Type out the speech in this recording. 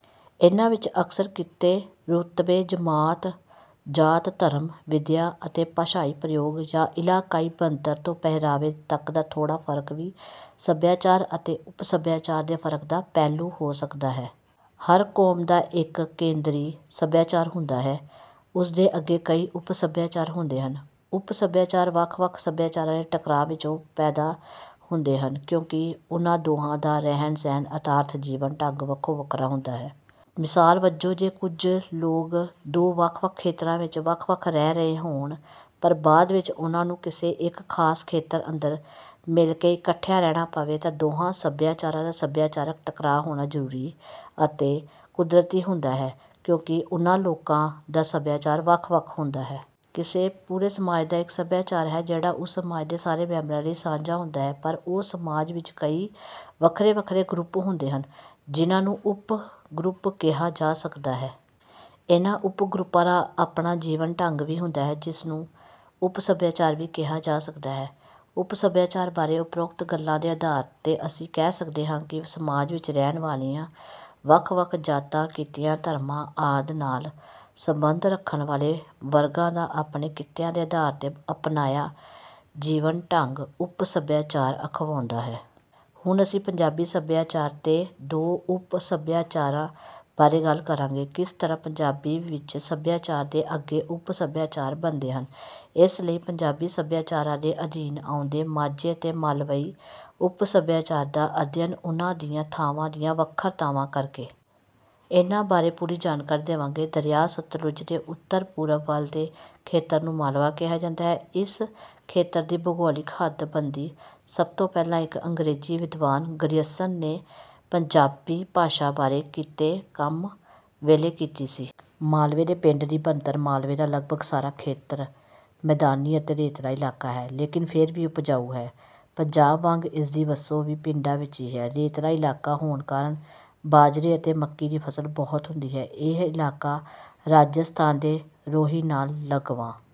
ਇਨ੍ਹਾਂ ਵਿੱਚ ਅਕਸਰ ਕਿੱਤੇ, ਰੁਤਬੇ, ਜਮਾਤ, ਜਾਤ, ਧਰਮ, ਵਿਦਿਆ ਅਤੇ ਭਾਸ਼ਾਈ ਪ੍ਰਯੋਗ ਜਾਂ ਇਲਾਕਾਈ ਬਣਤਰ ਤੋਂ ਪਹਿਰਾਵੇ ਤੱਕ ਦਾ ਥੋੜ੍ਹਾ ਫਰਕ ਵੀ ਸਭਿਆਚਾਰ ਅਤੇ ਉਪ ਸਭਿਆਚਾਰ ਦੇ ਫਰਕ ਦਾ ਪਹਿਲੂ ਹੋ ਸਕਦਾ ਹੈ। ਹਰ ਕੌਮ ਦਾ ਇਕ ਕੇਂਦਰੀ ਸਭਿਆਚਾਰ ਹੁੰਦਾ ਹੈ। ਉਸ ਦੇ ਅੱਗੇ ਕਈ ਉਪ ਸਭਿਆਚਾਰ ਹੁੰਦੇ ਹਨ। ਉਪ-ਸਭਿਆਚਾਰ ਵੱਖ-ਵੱਖ ਸਭਿਆਚਾਰਾਂ ਦੇ ਟਕਰਾਅ ਵਿੱਚੋਂ ਪੈਦਾ ਹੁੰਦੇ ਹਨ। ਕਿਉਂਕਿ ਉਨ੍ਹਾਂ ਦੋਹਾਂ ਦਾ ਰਹਿਣ-ਸਹਿਣ ਅਰਥਾਤ ਜੀਵਨ-ਢੰਗ ਵੱਖੋ-ਵੱਖਰਾ ਹੁੰਦਾ ਹੈ। ਮਿਸਾਲ ਵਜੋਂ ਜੇ ਕੁੱਝ ਲੋਗ ਦੋ ਵੱਖ-ਵੱਖ ਖੇਤਰਾਂ ਵਿੱਚ ਵੱਖ-ਵੱਖ ਰਹਿ ਰਹੇ ਹੋਣ ਪਰ ਬਾਅਦ ਵਿੱਚ ਉਨ੍ਹਾਂ ਨੂੰ ਕਿਸੇ ਇਕ ਖਾਸ ਖੇਤਰ ਅੰਦਰ ਮਿਲਕੇ ਇਕੱਠਿਆਂ ਰਹਿਣਾ ਪਵੇ ਤਾਂ ਦੋਹਾਂ ਸਭਿਆਚਾਰਾਂ ਦਾ ਸਭਿਆਚਾਰਕ ਟਕਰਾਅ ਹੋਣਾ ਜ਼ਰੂਰੀ ਅਤੇ ਕੁਦਰਤੀ ਹੁੰਦਾ ਹੈ ਕਿਉਂਕਿ ਉਨ੍ਹਾਂ ਲੋਕਾਂ ਦਾ ਸਭਿਆਚਾਰ ਵੱਖ-ਵੱਖ ਹੁੰਦਾ ਹੈ। ਕਿਸੇ ਪੂਰੇ ਸਮਾਜ ਦਾ ਇਕ ਸਭਿਆਚਾਰ ਹੈ ਜਿਹੜਾ ਉਸ ਸਮਾਜ ਦੇ ਸਾਰੇ ਮੈਂਬਰਾਂ ਲਈ ਸਾਂਝਾ ਹੁੰਦਾ ਹੈ। ਪਰ ਉਹ ਸਮਾਜ ਵਿੱਚ ਕਈ ਵੱਖਰੇ-ਵੱਖਰੇ ਗਰੁੱਪ ਹੁੰਦੇ ਹਨ। ਜਿਨ੍ਹਾਂ ਨੂੰ ਉਪ-ਗਰੁੱਪ ਕਿਹਾ ਜਾ ਸਕਦਾ ਹੈ। ਇਨ੍ਹਾਂ ਉਪ-ਗਰੁੱਪਾਂ ਦਾ ਆਪਣਾ ਜੀਵਨ ਢੰਗ ਵੀ ਹੁੰਦਾ ਹੈ ਜਿਸ ਨੂੰ ਉਪ-ਸਭਿਆਚਾਰ ਵੀ ਕਿਹਾ ਜਾ ਸਕਦਾ ਹੈ। ਉਪ ਸਭਿਆਚਾਰ ਬਾਰੇ ਉਪਰੋਕਤ ਗੱਲਾਂ ਦੇ ਆਧਾਰ ਤੇ ਅਸੀਂ ਕਹਿ ਸਕਦੇ ਹਾਂ ਕਿ ਸਮਾਜ ਵਿੱਚ ਰਹਿਣ ਵਾਲੀਆਂ ਵੱਖ-ਵੱਖ ਜਾਤਾਂ, ਕਿੱਤਿਆਂ, ਧਰਮਾਂ ਆਦਿ ਨਾਲ ਸਬੰਧ ਰੱਖਣ ਵਾਲੇ ਵਰਗਾਂ ਦਾ ਆਪਣੇ ਕਿੱਤਿਆਂ ਦੇ ਆਧਾਰ ਤੇ ਅਪਣਾਇਆ ਜੀਵਨ-ਢੰਗ ਉਪ-ਸਭਿਆਚਾਰ ਅਖਵਾਉਂਦਾ ਹੈ। ਹੁਣ ਅਸੀਂ ਪੰਜਾਬੀ ਸਭਿਆਚਾਰ ਤੇ ਦੋ ਉਪ-ਸਭਿਆਚਾਰਾਂ ਬਾਰੇ ਗੱਲ ਕਰਾਂਗੇ। ਕਿਸ ਤਰ੍ਹਾਂ ਪੰਜਾਬੀ ਵਿੱਚ ਸੱਭਿਆਚਾਰ ਦੇ ਅੱਗੇ ਉਪ-ਸਭਿਆਚਾਰ ਬਣਦੇ ਹਨ ਇਸ ਲਈ ਪੰਜਾਬੀ ਸੱਭਿਆਚਾਰਾਂ ਦੇ ਅਧੀਨ ਆਉਂਦੇ ਮਾਝੇ ਤੇ ਮਾਲਵਈ ਉਪ-ਸੱਭਿਆਚਾਰ ਦਾ ਅਧਿਐਨ ਉਨ੍ਹਾਂ ਦੀਆਂ ਥਾਂਵਾਂ ਦੀਆਂ ਵੱਖਰਤਾਵਾਂ ਕਰਕੇ। ਇਨ੍ਹਾਂ ਬਾਰੇ ਪੂਰੀ ਜਾਣਕਾਰੀ ਦੇਵਾਂਗੇ। ਦਰਿਆ ਸਤਲੁਜ ਦੇ ਉੱਤਰ-ਪੂਰਬ ਵੱਲ ਦੇ ਖੇਤਰ ਨੂੰ 'ਮਾਲਵਾ' ਕਿਹਾ ਜਾਂਦਾ ਹੈ। ਇਸ ਖੇਤਰ ਦੀ ਭੂਗੋਲਿਕ ਹੱਦ-ਬੰਦੀ ਸਭ ਤੋਂ ਪਹਿਲਾਂ ਇਕ ਅੰਗਰੇਜ਼ੀ ਵਿਦਵਾਨ ਗਰੀਅਰਸਨ ਨੇ ਪੰਜਾਬੀ ਭਾਸ਼ਾ ਬਾਰੇ ਕੀਤੇ ਕੰਮ ਵੇਲੇ ਕੀਤੀ ਸੀ। ਮਾਲਵੇ ਦੇ ਪਿੰਡ ਦੀ ਬਣਤਰ, ਮਾਲਵੇ ਦਾ ਲਗਭਗ ਸਾਰਾ ਖੇਤਰ ਮੈਦਾਨੀ ਅਤੇ ਰੇਤਲਾ ਇਲਾਕਾ ਹੈ ਲੇਕਿਨ ਫਿਰ ਵੀ ਉਪਜਾਊ ਹੈ। ਪੰਜਾਬ ਵਾਂਗ ਇਸਦੀ ਵਸੋਂ ਵੀ ਪਿੰਡਾਂ ਵਿੱਚ ਹੀ ਹੈ। ਰੇਤਲਾ ਇਲਾਕਾ ਹੋਣ ਕਾਰਨ ਬਾਜਰੇ ਅਤੇ ਮੱਕੀ ਦੀ ਫਸਲ ਬਹੁਤ ਹੁੰਦੀ ਹੈ। ਇਹ ਇਲਾਕਾ ਰਾਜਸਥਾਨ ਦੇ ਰੋਹੀ ਨਾਲ ਲੱਗਵਾਂ